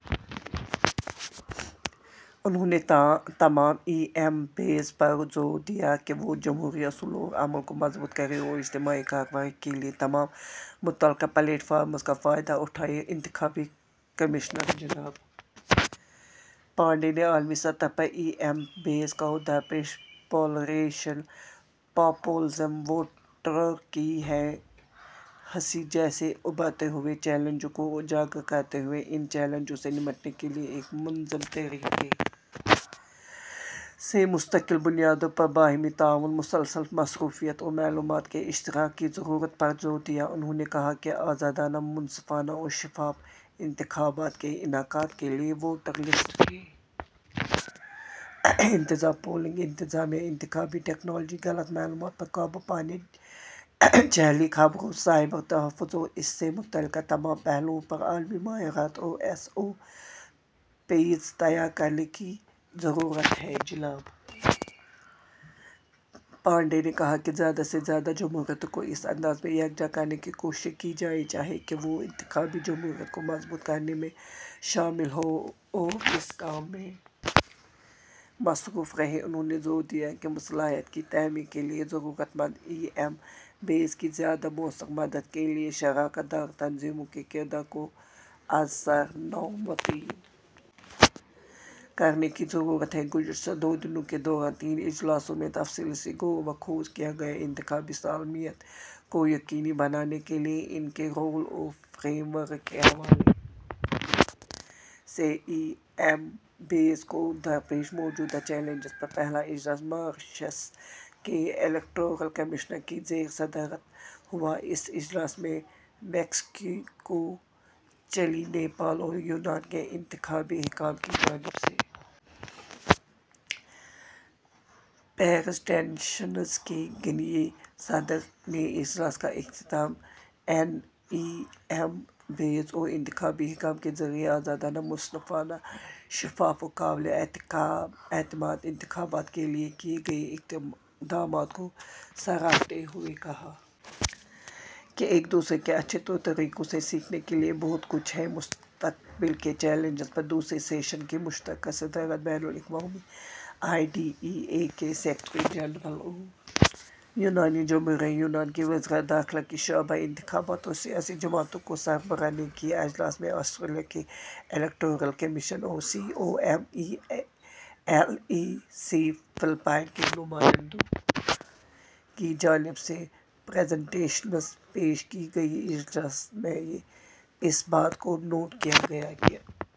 انہوں نے تمام ای ایم بیز پر زور دیا کہ وہ جمہوری اصولوں اور عمل کو مضبوط کریں اور اجتماعی کارروائی کے لیے تمام متعلقہ پلیٹ فارمز کا فائدہ اٹھائیں انتخابی کمشنر جناب پانڈے نے عالمی سطح پر ای ایم بیز کو درپیش پولرائزیشن پاپولزم ووٹروں کی بے حسی جیسے ابھرتے ہوئے چیلنجوں کو اجاگر کرتے ہوئے ان چیلنجوں سے نمٹنے کے لیے ایک منظم طریقے سے مستقل بنیادوں پر باہمی تعاون مسلسل مصروفیت اور معلومات کے اشتراک کی ضرورت پر زور دیا انہوں نے کہا کہ آزادانہ منصفانہ اور شفاف انتخابات کے انعقاد کے لیے ووٹر لسٹ کے انتظام پولنگ انتظامیہ انتخابی ٹیکنالوجی غلط معلومات پر قابو پانے جعلی خبروں سائبر تحفظ اور اس سے متعلقہ تمام پہلوؤں پر عالمی معیارات اور ایس او پیز تیار کرنے کی ضرورت ہے جناب پانڈے نے کہا کہ زیادہ سے زیادہ جمہوریتوں کو اس انداز میں یکجا کرنے کی کوششیں کی جانی چاہئیں کہ وہ انتخابی جمہوریت کو مضبوط کرنے میں شامل ہوں اور اس کام میں مصروف رہیں انہوں نے زور دیا کہ صلاحیت کی تعمیر کے لیے ضرورت مند ای ایم بیز کی زیادہ موثر مدد کے لیے شراکت دار تنظیموں کے کردار کو از سر نو متعین کرنے کی ضرورت ہے گزشتہ دو دنوں کے دوران تین اجلاسوں میں تفصیلی غور و خوض کیا گیا انتخابی سالمیت کو یقینی بنانے کے لیے ان کے رول اور فریم ورک کے حوالے سے ای ایم بیز کو درپیش موجودہ چیلنجز پر پہلا اجلاس ماریشس کے الیکٹورل کمشنر کی زیر صدارت ہوا اس اجلاس میں میکسیکو چلی نیپال اور یونان کے انتخابی حکام کی جانب سے پریزنٹیشنز کی گئیں صدر نے اجلاس کا اختتام ان ای ایم بیز اور انتخابی حکام کے ذریعے آزادانہ منصفانہ شفاف اور قابل اعتماد انتخابات کے لیے کیے گئے اقدامات کو سراہتے ہوئے کہا کہ ایک دوسرے کے اچھے طور طریقوں سے سیکھنے کے لیے بہت کچھ ہے مستقبل کے چیلنجز پر دوسرے سیشن کی مشترکہ صدارت بین الاقوامی آئی ڈی ای اے کے سیکرٹری جنرل اور یونانی جمہوریہ یونان کی وزارت داخلہ کے شعبہ انتخابات اور سیاسی جماعتوں کے سربراہ نے کی اجلاس میں آسٹریلیا کے الیکٹورل کمیشن اور C O M E L E C Philippines کے نمائندوں کی جانب سے پریزنٹیشنز پیش کی گئیں اجلاس میں اس بات کو نوٹ کیا گیا کہ